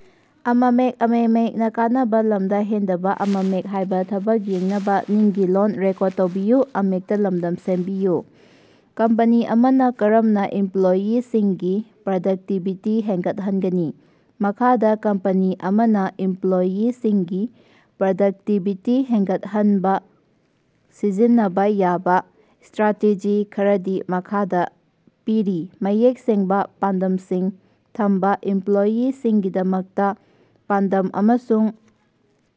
" Company ꯑꯃꯅ ꯀꯔꯝꯅ ꯏꯝꯄ꯭ꯂꯣꯌꯤꯁꯤꯡꯒꯤ ꯄ꯭ꯔꯗꯛꯇꯤꯚꯤꯇꯤ ꯍꯦꯟꯒꯠꯍꯟꯒꯅꯤ? ꯃꯈꯥꯗ ꯀꯝꯄꯅꯤ ꯑꯃꯅ ꯏꯝꯄ꯭ꯂꯣꯌꯤꯁꯤꯡꯒꯤ ꯄ꯭ꯔꯗꯛꯇꯤꯚꯤꯇꯤ ꯍꯦꯟꯒꯠꯍꯟꯅꯕ ꯁꯤꯖꯤꯟꯅꯕ ꯌꯥꯕ ꯁ꯭ꯇꯔꯥꯇꯦꯖꯤ ꯈꯔꯗꯤ ꯃꯈꯥꯗ ꯄꯤꯔꯤ: ꯃꯌꯦꯛ ꯁꯦꯡꯕ ꯄꯥꯟꯗꯝꯁꯤꯡ ꯊꯝꯕ- ꯏꯝꯄ꯭ꯂꯣꯌꯤꯁꯤꯡꯒꯤꯗꯃꯛꯇ ꯄꯥꯟꯗꯝ ꯑꯃꯁꯨꯡ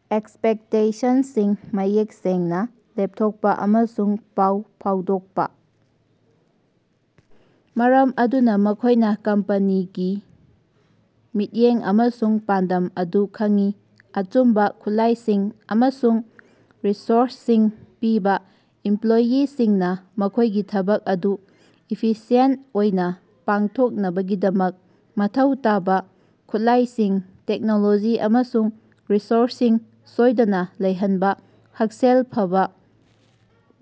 ꯑꯦꯛꯁꯄꯦꯛꯇꯦꯁꯟꯁꯤꯡ ꯃꯌꯦꯛ ꯁꯦꯡꯅ ꯂꯦꯞꯊꯣꯛꯄ ꯑꯃꯁꯨꯡ ꯄꯥꯎ ꯐꯥꯎꯗꯣꯛꯄ ꯃꯔꯝ ꯑꯗꯨꯅ ꯃꯈꯣꯏꯅ ꯀꯝꯄꯅꯤꯒꯤ ꯃꯤꯠꯌꯦꯡ ꯑꯃꯁꯨꯡ ꯄꯥꯟꯗꯝ ꯑꯗꯨ ꯈꯪꯏ꯫ ꯑꯆꯨꯝꯕ ꯈꯨꯠꯂꯥꯏꯁꯤꯡ ꯑꯃꯁꯨꯡ ꯔꯤꯁꯣꯔꯁꯁꯤꯡ ꯄꯤꯕ- ꯏꯝꯄ꯭ꯂꯣꯌꯤꯁꯤꯡꯅ ꯃꯈꯣꯏꯒꯤ ꯊꯕꯛ ꯑꯗꯨ ꯏꯐꯤꯁꯤꯑꯦꯟꯇ ꯑꯣꯏꯅ ꯄꯥꯡꯊꯣꯛꯅꯕꯒꯤꯗꯃꯛ ꯃꯊꯧ ꯇꯥꯕ ꯈꯨꯠꯂꯥꯏꯁꯤꯡ, ꯇꯦꯛꯅꯣꯂꯣꯖꯤ ꯑꯃꯁꯨꯡ ꯔꯤꯁꯣꯔꯁꯁꯤꯡ ꯁꯣꯏꯗꯅ ꯂꯩꯍꯟꯕ꯫ ꯍꯛꯁꯦꯜ ꯐꯕ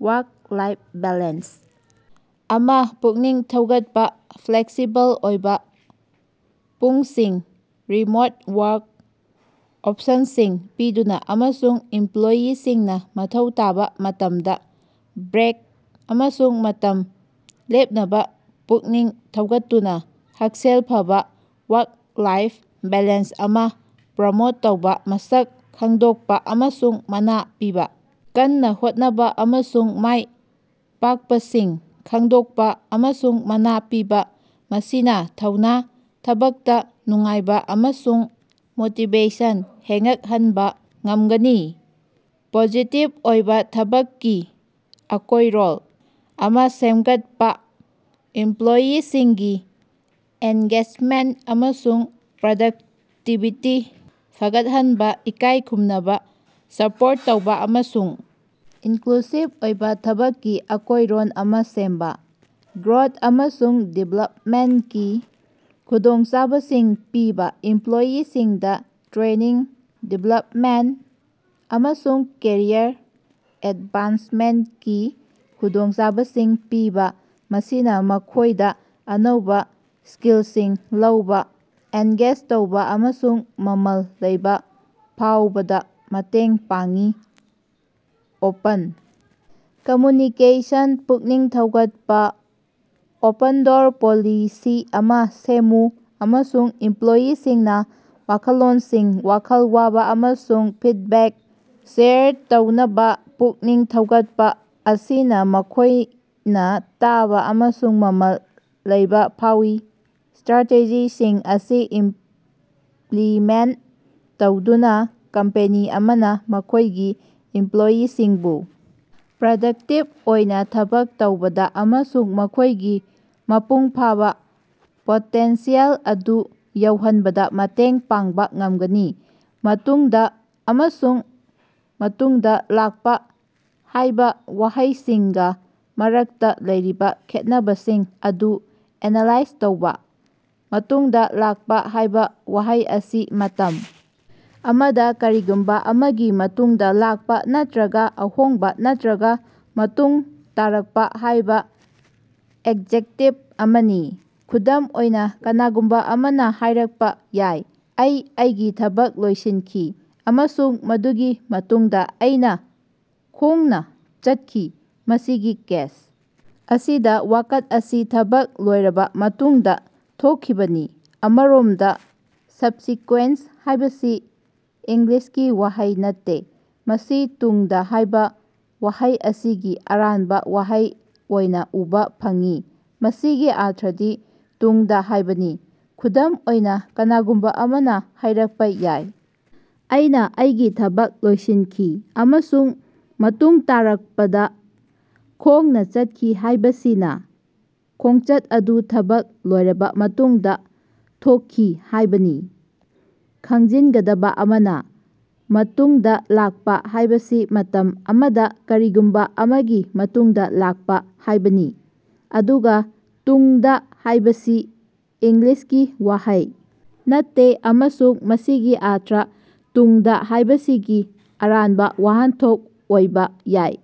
ꯋꯥꯔꯛ-ꯂꯥꯏꯐ ꯕꯦꯂꯦꯟꯁ ꯑꯃ ꯄꯨꯛꯅꯤꯡ ꯊꯧꯒꯠꯄ- ꯐ꯭ꯂꯦꯛꯁꯤꯕꯜ ꯑꯣꯏꯕ ꯄꯨꯡꯁꯤꯡ, ꯔꯤꯃꯣꯠ ꯋꯥꯔꯛ ꯑꯣꯞꯁꯟꯁꯤꯡ ꯄꯤꯗꯨꯅ, ꯑꯃꯁꯨꯡ ꯏꯝꯄ꯭ꯂꯣꯌꯤꯁꯤꯡꯅ ꯃꯊꯧ ꯇꯥꯕ ꯃꯇꯝꯗ ꯕ꯭ꯔꯦꯛ ꯑꯃꯁꯨꯡ ꯃꯇꯝ ꯂꯦꯞꯅꯕ ꯄꯨꯛꯅꯤꯡ ꯊꯧꯒꯠꯇꯨꯅ ꯍꯛꯁꯦꯜ ꯐꯕ ꯋꯥꯔꯛ-ꯂꯥꯏꯐ ꯕꯦꯂꯦꯟꯁ ꯑꯃ ꯄ꯭ꯔꯣꯃꯣꯠ ꯇꯧꯕ꯫ ꯃꯁꯛ ꯈꯪꯗꯣꯛꯄ ꯑꯃꯁꯨꯡ ꯃꯅꯥ ꯄꯤꯕ- ꯀꯟꯅ ꯍꯣꯠꯅꯕ ꯑꯃꯁꯨꯡ ꯃꯥꯏ ꯄꯥꯛꯄꯁꯤꯡ ꯈꯪꯗꯣꯛꯄ ꯑꯃꯁꯨꯡ ꯃꯅꯥ ꯄꯤꯕ ꯃꯁꯤꯅ ꯊꯧꯅ, ꯊꯕꯛꯇ ꯅꯨꯡꯉꯥꯏꯕ ꯑꯃꯁꯨꯡ ꯃꯣꯇꯤꯚꯦꯁꯟ ꯍꯦꯉꯠꯍꯟꯕ ꯉꯝꯒꯅꯤ꯫ ꯄꯣꯖꯤꯇꯤꯚ ꯑꯣꯏꯕ ꯊꯕꯛꯀꯤ ꯑꯀꯣꯌꯔꯣꯟ ꯑꯃꯥ ꯁꯦꯃꯒꯠꯄ- ꯏꯝꯄ꯭ꯂꯣꯌꯤꯁꯤꯡꯒꯤ ꯑꯦꯟꯒꯦꯗꯖꯃꯦꯟꯇ ꯑꯃꯁꯨꯡ ꯄ꯭ꯔꯗꯛꯇꯤꯚꯤꯇꯤ ꯐꯒꯠꯍꯟꯅꯕ ꯏꯀꯥꯏ ꯈꯨꯝꯅꯕ, ꯁꯄꯣꯔꯠ ꯇꯧꯕ ꯑꯃꯁꯨꯡ ꯏꯟꯀ꯭ꯂꯨꯁꯤꯚ ꯑꯣꯏꯕ ꯊꯕꯛꯀꯤ ꯑꯀꯣꯌꯔꯣꯟ ꯑꯃ ꯁꯦꯝꯕ꯫ ꯒ꯭ꯔꯣꯊ ꯑꯃꯁꯨꯡ ꯗꯤꯚꯦꯂꯞꯃꯦꯟꯇꯒꯤ ꯈꯨꯗꯣꯡꯆꯥꯕꯁꯤꯡ ꯄꯤꯕ- ꯏꯝꯄ꯭ꯂꯣꯌꯤꯁꯤꯡꯗ ꯇ꯭ꯔꯦꯅꯤꯡ, ꯗꯤꯚꯦꯂꯞꯃꯦꯟꯇ, ꯑꯃꯁꯨꯡ ꯀꯦꯔꯤꯌꯔ ꯑꯦꯗꯚꯥꯟꯁꯃꯦꯟꯇꯀꯤ ꯈꯨꯗꯣꯡꯆꯥꯕꯁꯤꯡ ꯄꯤꯕ ꯃꯁꯤꯅ ꯃꯈꯣꯏꯗ ꯑꯅꯧꯕ ꯁ꯭ꯀꯤꯜꯁꯤꯡ ꯂꯧꯕ, ꯑꯦꯟꯒꯦꯖ ꯇꯧꯕ ꯑꯃꯁꯨꯡ ꯃꯃꯜ ꯂꯩꯕ ꯐꯥꯎꯕꯗ ꯃꯇꯦꯡ ꯄꯥꯡꯉꯤ꯫ ꯑꯣꯄꯟ ꯀꯝꯃ꯭ꯌꯨꯅꯤꯀꯦꯁꯟ ꯄꯨꯛꯅꯤꯡ ꯊꯧꯒꯠꯄ- ꯑꯣꯄꯟ-ꯗꯣꯔ ꯄꯣꯂꯤꯁꯤ ꯑꯃ ꯁꯦꯝꯃꯨ ꯑꯃꯁꯨꯡ ꯏꯝꯄ꯭ꯂꯣꯌꯤꯁꯤꯡꯅ ꯋꯥꯈꯜꯂꯣꯟꯁꯤꯡ, ꯋꯥꯈꯜ ꯋꯥꯕ ꯑꯃꯁꯨꯡ ꯐꯤꯗꯕꯦꯛ ꯁꯦꯌꯔ ꯇꯧꯅꯕ ꯄꯨꯛꯅꯤꯡ ꯊꯧꯒꯠꯄ ꯑꯁꯤꯅ ꯃꯈꯣꯏꯅ ꯇꯥꯕ ꯑꯃꯁꯨꯡ ꯃꯃꯜ ꯂꯩꯕ ꯐꯥꯎꯋꯤ꯫ ꯁ꯭ꯇꯔꯥꯇꯦꯖꯤꯁꯤꯡ ꯑꯁꯤ ꯏꯝꯄ꯭ꯂꯤꯃꯦꯟꯇ ꯇꯧꯗꯨꯅ ꯀꯝꯄꯦꯅꯤ ꯑꯃꯅ ꯃꯈꯣꯏꯒꯤ ꯏꯝꯄ꯭ꯂꯣꯌꯤꯁꯤꯡꯕꯨ ꯄ꯭ꯔꯗꯛꯇꯤꯚ ꯑꯣꯏꯅ ꯊꯕꯛ ꯇꯧꯕꯗ ꯑꯃꯁꯨꯡ ꯃꯈꯣꯏꯒꯤ ꯃꯄꯨꯡ ꯐꯥꯕ ꯄꯣꯇꯦꯟꯁꯤꯌꯦꯜ ꯑꯗꯨ ꯌꯧꯍꯟꯕꯗ ꯃꯇꯦꯡ ꯄꯥꯡꯕ ꯉꯝꯒꯅꯤ꯫ 'ꯃꯇꯨꯡꯗ' ꯑꯃꯁꯨꯡ 'ꯃꯇꯨꯡꯗ ꯂꯥꯛꯄ ꯍꯥꯏꯕ ꯋꯥꯍꯩꯁꯤꯡꯒꯤ ꯃꯔꯛꯇ ꯂꯩꯔꯤꯕ ꯈꯦꯠꯅꯕꯁꯤꯡ ꯑꯗꯨ ꯑꯦꯅꯂꯥꯏꯖ ꯇꯧꯕ- "ꯃꯇꯨꯡꯗ ꯂꯥꯛꯄ "" ꯍꯥꯏꯕ ꯋꯥꯍꯩ ꯑꯁꯤ ""ꯃꯇꯝ ꯑꯃꯗ ꯀꯔꯤꯒꯨꯝꯕ ꯑꯃꯒꯤ ꯃꯇꯨꯡꯗ ꯂꯥꯛꯄ " ꯅꯠꯇ꯭ꯔꯒ ""ꯑꯍꯣꯡꯕ ꯅꯠꯇ꯭ꯔꯒ ꯃꯇꯨꯡ ꯇꯥꯔꯛꯄ "" ꯍꯥꯏꯕ ꯑꯦꯗꯖꯦꯛꯇꯤꯚ ꯑꯃꯅꯤ꯫ ꯈꯨꯗꯝ ꯑꯣꯏꯅ, ꯀꯅꯥꯒꯨꯝꯕ ꯑꯃꯅ ꯍꯥꯏꯔꯛꯄ ꯌꯥꯏ, ""ꯑꯩꯅ ꯑꯩꯒꯤ ꯊꯕꯛ ꯂꯣꯏꯁꯤꯟꯈꯤ ꯑꯃꯁꯨꯡ ꯃꯗꯨꯒꯤ ꯃꯇꯨꯡꯗ ꯑꯩꯅ ꯈꯣꯡꯅ ꯆꯠꯈꯤ"" ꯃꯁꯤꯒꯤ ꯀꯦꯁ ꯑꯁꯤꯗ ꯋꯥꯀꯠ ꯑꯁꯤ ꯊꯕꯛ ꯂꯣꯏꯔꯕ ꯃꯇꯨꯡꯗ ꯊꯣꯛꯈꯤꯕꯅꯤ꯫ ꯑꯃꯔꯣꯝꯗ "ꯁꯕꯁꯤꯀꯨꯋꯦꯟꯇ"" ꯍꯥꯏꯕꯁꯤ ꯏꯪꯂꯤꯁꯀꯤ ꯋꯥꯍꯩ ꯅꯠꯇꯦ꯫ ꯃꯁꯤ "ꯃꯇꯨꯡꯗ" ꯍꯥꯏꯕ ꯋꯥꯍꯩ ꯑꯁꯤꯒꯤ ꯑꯔꯥꯟꯕ ꯋꯥꯍꯩ ꯑꯣꯏꯅ ꯎꯕ ꯐꯪꯉꯤ꯫ ꯃꯁꯤꯒꯤ ꯑꯔꯊꯗꯤ "ꯃꯇꯨꯡꯗ" ꯍꯥꯏꯕꯅꯤ꯫ ꯈꯨꯗꯝ ꯑꯣꯏꯅ, ꯀꯅꯥꯒꯨꯝꯕ ꯑꯃꯅ ꯍꯥꯏꯔꯛꯄ ꯌꯥꯏ, "ꯑꯩꯅ ꯑꯩꯒꯤ ꯊꯕꯛ ꯂꯣꯏꯁꯤꯟꯈꯤ ꯑꯃꯁꯨꯡ ꯃꯇꯨꯡ ꯇꯥꯔꯛꯄꯗ ꯈꯣꯡꯅ ꯆꯠꯈꯤ"ꯍꯥꯏꯕꯁꯤꯅ ꯈꯣꯡꯆꯠ ꯑꯗꯨ ꯊꯕꯛ ꯂꯣꯏꯔꯕ ꯃꯇꯨꯡꯗ ꯊꯣꯛꯈꯤ ꯍꯥꯏꯕꯅꯤ꯫ ꯈꯪꯖꯤꯟꯒꯗꯕ ꯑꯃꯅ, "ꯃꯇꯨꯡꯗ ꯂꯥꯛꯄ"" ꯍꯥꯏꯕꯁꯤ ""ꯃꯇꯝ ꯑꯃꯗ ꯀꯔꯤꯒꯨꯝꯕ ꯑꯃꯒꯤ ꯃꯇꯨꯡꯗ ꯂꯥꯛꯄ"" ꯍꯥꯏꯕꯅꯤ, ꯑꯗꯨꯒ "ꯃꯇꯨꯡꯗ" ꯍꯥꯏꯕꯁꯤ ꯏꯪꯂꯤꯁꯀꯤ ꯋꯥꯍꯩ ꯅꯠꯇꯦ ꯑꯃꯁꯨꯡ ꯃꯁꯤꯒꯤ ꯑꯔꯊ ""ꯃꯇꯨꯡꯗ"" ꯍꯥꯏꯕꯁꯤꯒꯤ ꯑꯔꯥꯟꯕ ꯋꯥꯍꯟꯊꯣꯛ ꯑꯣꯏꯕ ꯌꯥꯏ꯫"